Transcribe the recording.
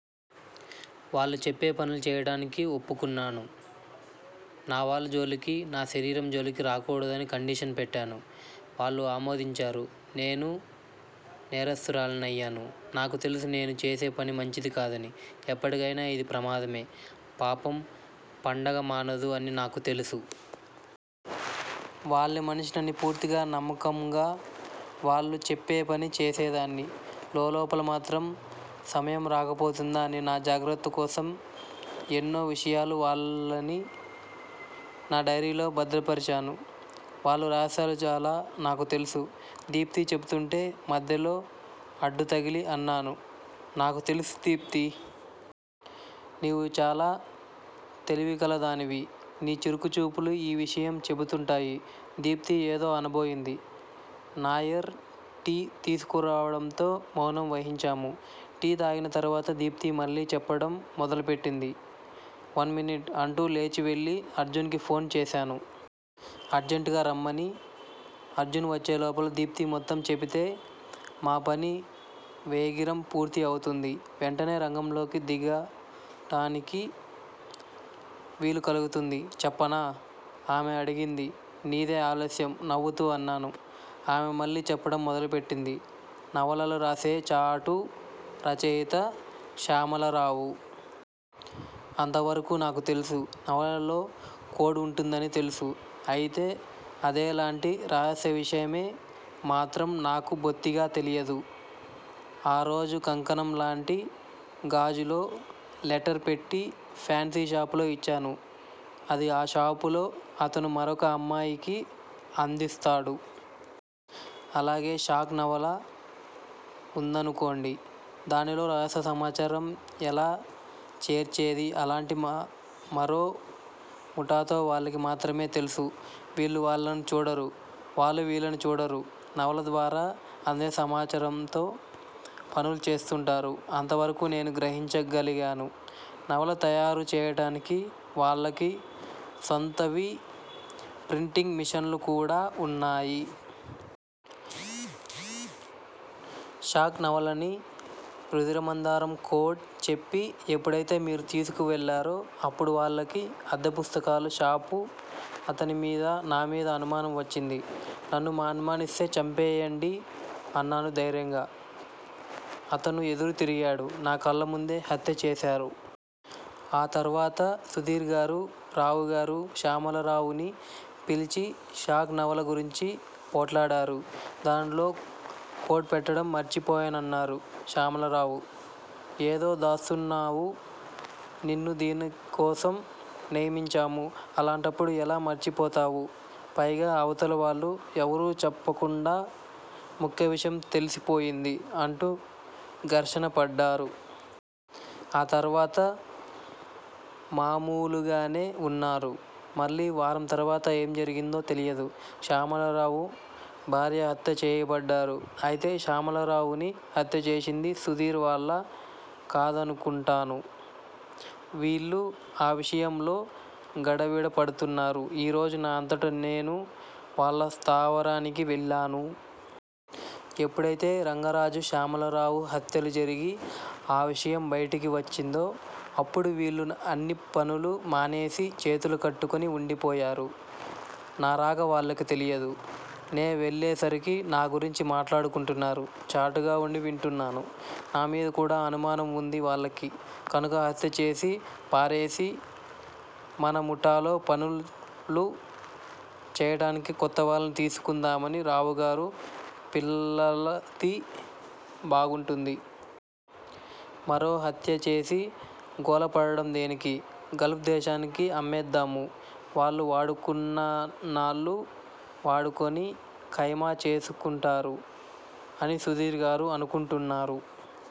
వాళ్లు చెప్పే పనులు చేయటానికి ఒప్పుకున్నాను. నా వాళ్ళ జోలికి, నా శరీరం జోలికి రాకూడదని కండిషన్ పెట్టాను. వాళ్ళు ఆమోదించారు. నేను నేరస్తురాలినయ్యాను. నాకు తెలుసు నేను చేసేపని మంచిది కాదని. ఎప్పటికైనా ఇది ప్రమాదమే. పాపం పండక మానదు అని నాకు తెలుసు. వాళ్ళ మనిషినని పూర్తిగా నమ్మకంగా వాళ్ళు చెప్పేపని చేసేదాన్ని. లోలోపల మాత్రం సమయం రాకపోతుందా అని నా జాగ్రత్తకోసం ఎన్నో విషయాలు వాళ్ళని నా డైరీలో భద్రపరిచాను. వాళ్ళ రహస్యాలు చాలా నాకు తెలుసు. దీప్తి చెపుతుంటే మధ్యలో అడ్డుతగిలి అన్నాను. నాకు తెలుసు దీప్తీ! నీవు చాలా తెలివికలదానివి. నీ చురుకు చూపులు ఈ విషయం చెపుతుంటాయి. దీప్తి ఏదో అనబోయింది. నాయర్ టీ తీసుకురావడంతో మౌనం వహించాము. టీ తాగిన తరువాత దీప్తి మళ్ళీ చెప్పటం మొదలు పెట్టింది. One minute! అంటూ లేచి వెళ్ళి అర్జున్ కి ఫోన్ చేశాను. అర్జంట్ గా రమ్మని. అర్జున్ వచ్చే లోపల దీప్తి మొత్తం చెపితే మా పని వేగిరం పూర్తి అవుతుంది. వెంటనే రంగంలోకి దిగటానికి వీలు కలుగుతుంది. చెప్పనా? ఆమె అడిగింది. నీదే ఆలశ్యం నవ్వుతూ అన్నాను. ఆమె మళ్ళీ చెప్పటం మొదలు పెట్టింది. నవలలు రాసే చాటు రచయిత శ్యామలరావు. అంతవరకూ నాకు తెలుసు. నవలలో కోడ్ వుంటుందని తెలుసు. అయితే అదే లాంటి రహస్య విషయమో మాత్రం నాకు బొత్తిగా తెలియదు. ఆ రోజు కంకణం లాంటి గాజులో లెటర్ పెట్టి ఫ్యాన్సీ షాపులో ఇచ్చాను. అది ఆ షాపులో అతను మరొక అమ్మాయికి అందిస్తాడు. అలాగే షాక్ నవల వుందనుకోండి. దానిలో రహస్య సమాచారం ఎలా చేర్చేది అలాంటి మరో ముఠాతో వాళ్లకి మాత్రమే తెలుసు. వీళ్ళు వాళ్ళని చూడరు. వాళ్ళు వీళ్ళని చూడరు. నవల ద్వారా అందే సమాచారంతో పనులు చేస్తుంటారు. అంతవరకూ నేను గ్రహించ గలిగాను. నవల తయారు చేయటానికి వాళ్ళకి సొంతవి ప్రింటింగ్ మిషన్లు కూడా వున్నాయి. షాక్ నవలని రుధిర మందారం కోడ్ చెప్పి ఎప్పుడైతే మీరు తీసుకు వెళ్ళారో అప్పుడు వాళ్ళకి అద్దె పుస్తకాల షాపు అతని మీద, నా మీద అనుమానం వచ్చింది. నన్ను అనుమానిస్తే చంపేయండి అన్నాను ధైర్యంగా. అతను ఎదురు తిరిగాడు. నా కళ్ళముందే హత్య చేశారు. ఆ తర్వాత సుధీర్ గారు, రావుగారు, శ్యామలరావుని పిలిచి షాక్ నవల గురించి పోట్లాడారు. దానిలో కోడ్ పెట్టటం మర్చిపోయానన్నారు శ్యామలరావు. ఏదో దాస్తున్నావు నిన్ను దీనికోసం నియమించాము. అలాంటప్పుడు ఎలా మర్చిపోతావు? పైగా అవతల వాళ్ళు ఎవరూ చెప్పకుండా ముఖ్య విషయం తెలిసిపోయింది. అంటూ ఘర్షణ పడ్డారు. ఆ తర్వాత మామూలుగానే వున్నారు. మళ్ళీ వారం తర్వాత ఏం జరిగిందో తెలియదు. శ్యామలరావు భార్య హత్య చేయబడ్డారు. అయితే శ్యామలరావుని హత్య చేసింది సుధీర్ వాళ్ళ కాదనుకుంటాను. వీళ్ళు ఆ విషయంలో గడబిడ పడుతున్నారు. ఈరోజు నా అంతట నేను వాళ్ళ స్థావరానికి వెళ్లాను. ఎప్పుడయితే రంగరాజు శ్యామలరావుల హత్యలు జరిగి ఆ విషయం బైటికి వచ్చిందో అప్పుడు వీళ్ళు అన్ని పనులు మానేసి చేతులు కట్టుకుని వుండిపోయారు. నా రాక వాళ్ళకి తెలియదు. నే వెళ్ళేసరికి నా గురించి మాట్లాడుకుంటున్నారు. చాటుగా వుండి వింటున్నాను. నా మీద కూడా అనుమానం వుంది వాళ్ళకి కనుక హత్య చేసి పారేసి మన ముఠాలో పనులు చేయటానికి కొత్త వాళ్ళని తీసుకుందామని రావుగారు, పిల్లలది బాగుంటుంది. మరో హత్యచేసి గోల పడటం దేనికి! గల్ఫ్ దేశానికి అమ్మేద్దాము. వాళ్ళు వాడుకున్నాన్నాళ్ళు వాడుకుని కైమా చేసుకుంటారు. అని సుధీర్ గారు అనుకుంటున్నారు.